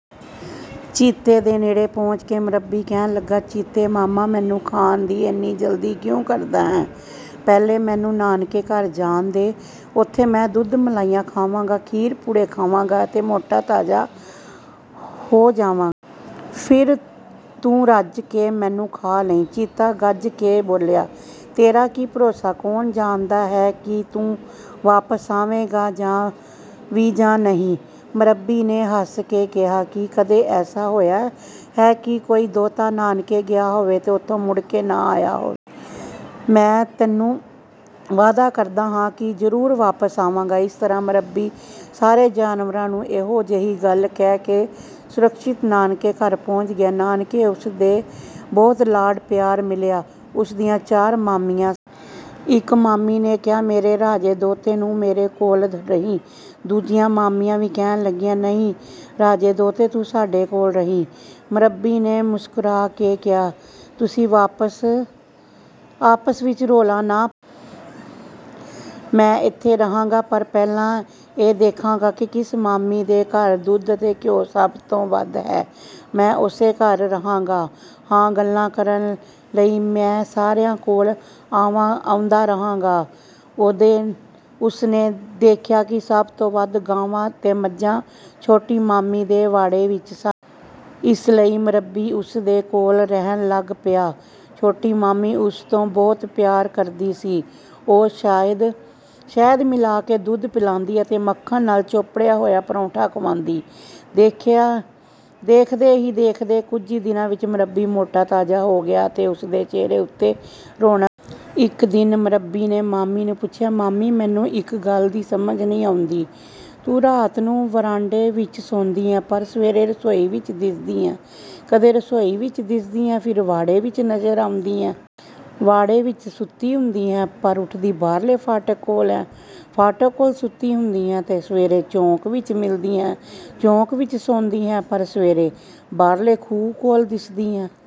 ਚੀਤੇ ਦੇ ਨੇੜੇ ਪਹੁੰਚ ਕੇ ਮਰੱਬੀ ਕਹਿਣ ਲੱਗਾ, "ਚੀਤੇ ਮਾਮਾ, ਮੈਨੂੰ ਖਾਣ ਦੀ ਇੰਨੀ ਜਲਦੀ ਕਿਉਂ ਕਰਦਾ ਹੈਂ? ਪਹਿਲਾਂ ਮੈਨੂੰ ਨਾਨਕੇ ਘਰ ਜਾਣ ਦੇ। ਉੱਥੇ ਮੈਂ ਦੁੱਧ-ਮਲਾਈ ਖਾਵਾਂਗਾ, ਖੀਰ-ਪੂੜੇ ਖਾਵਾਂਗਾ ਅਤੇ ਮੋਟਾ-ਤਾਜ਼ਾ ਹੋ ਜਾਵਾਂਗਾ। ਫਿਰ ਤੂੰ ਰੱਜ ਕੇ ਮੈਨੂੰ ਖਾ ਲਈਂ।" ਚੀਤਾ ਗੱਜ ਕੇ ਬੋਲਿਆ, "ਤੇਰਾ ਕੀ ਭਰੋਸਾ? ਕੌਣ ਜਾਣਦਾ ਹੈ ਕਿ ਤੂੰ ਵਾਪਸ ਆਵੇਂਗਾ ਵੀ ਜਾਂ ਨਹੀਂ?" ਮਰੱਬੀ ਨੇ ਹੱਸ ਕੇ ਕਿਹਾ, "ਕੀ ਕਦੇ ਐਸਾ ਹੋਇਆ ਹੈ ਕਿ ਕੋਈ ਦੋਹਤਾ ਨਾਨਕੇ ਗਿਆ ਹੋਵੇ ਤੇ ਉੱਥੋਂ ਮੁੜ ਕੇ ਨਾ ਆਇਆ ਹੋਵੇ? ਮੈਂ ਤੈਨੂੰ ਵਾਅਦਾ ਕਰਦਾ ਹਾਂ ਕਿ ਜ਼ਰੂਰ ਵਾਪਸ ਆਵਾਂਗਾ।" ਇਸ ਤਰ੍ਹਾਂ ਮਰੱਬੀ ਸਾਰੇ ਜਾਨਵਰਾਂ ਨੂੰ ਇਹੋ ਜਿਹੀ ਗੱਲ ਕਹਿ ਕੇ ਸੁਰੱਖਿਅਤ ਨਾਨਕੇ ਘਰ ਪਹੁੰਚ ਗਿਆ। ਨਾਨਕੇ ਉਸ ਨੂੰ ਬਹੁਤ ਲਾਡ-ਪਿਆਰ ਮਿਲਿਆ। ਉਸ ਦੀਆਂ ਚਾਰ ਮਾਮੀਆਂ ਸਨ। ਇੱਕ ਮਾਮੀ ਨੇ ਕਿਹਾ, "ਮੇਰੇ ਰਾਜੇ ਦੋਹਤੇ, ਤੂੰ ਮੇਰੇ ਕੋਲ ਰਹੀਂ।" ਦੂਜੀਆਂ ਮਾਮੀਆਂ ਵੀ ਕਹਿਣ ਲੱਗੀਆਂ, "ਨਹੀਂ, ਰਾਜੇ ਦੋਹਤੇ, ਤੂੰ ਸਾਡੇ ਕੋਲ ਰਹੀਂ।" ਮਰੱਬੀ ਨੇ ਮੁਸਕਰਾ ਕੇ ਕਿਹਾ, "ਤੁਸੀਂ ਆਪਸ ਵਿੱਚ ਰੌਲਾ ਨਾ ਪਾਓ। ਮੈਂ ਇੱਥੇ ਰਹਾਂਗਾ, ਪਰ ਪਹਿਲਾਂ ਇਹ ਦੇਖਾਂਗਾ ਕਿ ਕਿਸ ਮਾਮੀ ਦੇ ਘਰ ਦੁੱਧ ਅਤੇ ਘਿਉ ਸਭ ਤੋਂ ਵੱਧ ਹੈ। ਮੈਂ ਉਸੇ ਘਰ ਰਹਾਂਗਾ। ਹਾਂ, ਗੱਲਾਂ ਕਰਨ ਲਈ ਮੈਂ ਸਾਰਿਆਂ ਕੋਲ ਆਉਂਦਾ ਰਹਾਂਗਾ।" ਉਸ ਨੇ ਦੇਖਿਆ ਕਿ ਸਭ ਤੋਂ ਵੱਧ ਗਾਵਾਂ ਅਤੇ ਮੱਝਾਂ ਛੋਟੀ ਮਾਮੀ ਦੇ ਵਾੜੇ ਵਿੱਚ ਸਨ। ਇਸ ਲਈ ਮਰੱਬੀ ਉਸ ਦੇ ਕੋਲ ਰਹਿਣ ਲੱਗ ਪਿਆ। ਛੋਟੀ ਮਾਮੀ ਉਸ ਨੂੰ ਬਹੁਤ ਪਿਆਰ ਕਰਦੀ ਸੀ। ਉਹ ਸ਼ਹਿਦ ਮਿਲਾ ਕੇ ਦੁੱਧ ਪਿਲਾਂਦੀ ਅਤੇ ਮੱਖਣ ਨਾਲ ਚੋਪੜਿਆ ਹੋਇਆ ਪਰੌਂਠਾ ਖੁਆਉਂਦੀ। ਦੇਖਦੇ ਹੀ ਦੇਖਦੇ ਕੁਝ ਹੀ ਦਿਨਾਂ ਵਿੱਚ ਮਰੱਬੀ ਮੋਟਾ-ਤਾਜ਼ਾ ਹੋ ਗਿਆ ਅਤੇ ਉਸ ਦੇ ਚਿਹਰੇ ਉੱਤੇ ਰੌਣ-- ਇੱਕ ਦਿਨ ਮਰੱਬੀ ਨੇ ਮਾਮੀ ਨੂੰ ਪੁੱਛਿਆ, "ਮਾਮੀ, ਮੈਨੂੰ ਇੱਕ ਗੱਲ ਦੀ ਸਮਝ ਨਹੀਂ ਆਉਂਦੀ। ਤੂੰ ਰਾਤ ਨੂੰ ਵਰਾਂਡੇ ਵਿੱਚ ਸੌਂਦੀ ਹੈਂ, ਪਰ ਸਵੇਰੇ ਰਸੋਈ ਵਿੱਚ ਦਿਸਦੀ ਹੈਂ। ਕਦੇ ਰਸੋਈ ਵਿੱਚ ਦਿਸਦੀ ਹੈਂ, ਫਿਰ ਵਾੜੇ ਵਿੱਚ ਨਜ਼ਰ ਆਉਂਦੀ ਹੈਂ। ਵਾੜੇ ਵਿੱਚ ਸੁੱਤੀ ਹੁੰਦੀ ਹੈਂ, ਪਰ ਉੱਠਦੀ ਬਾਹਰਲੇ ਫਾਟਕ ਕੋਲ ਹੈਂ। ਫਾਟਕ ਕੋਲ ਸੁੱਤੀ ਹੁੰਦੀ ਹੈਂ, ਤਾਂ ਸਵੇਰੇ ਚੌਂਕ ਵਿੱਚ ਮਿਲਦੀ ਹੈਂ। ਚੌਂਕ ਵਿੱਚ ਸੌਂਦੀ ਹੈਂ, ਪਰ ਸਵੇਰੇ ਬਾਹਰਲੇ ਖੂਹ ਕੋਲ ਦਿਸਦੀ ਹੈਂ।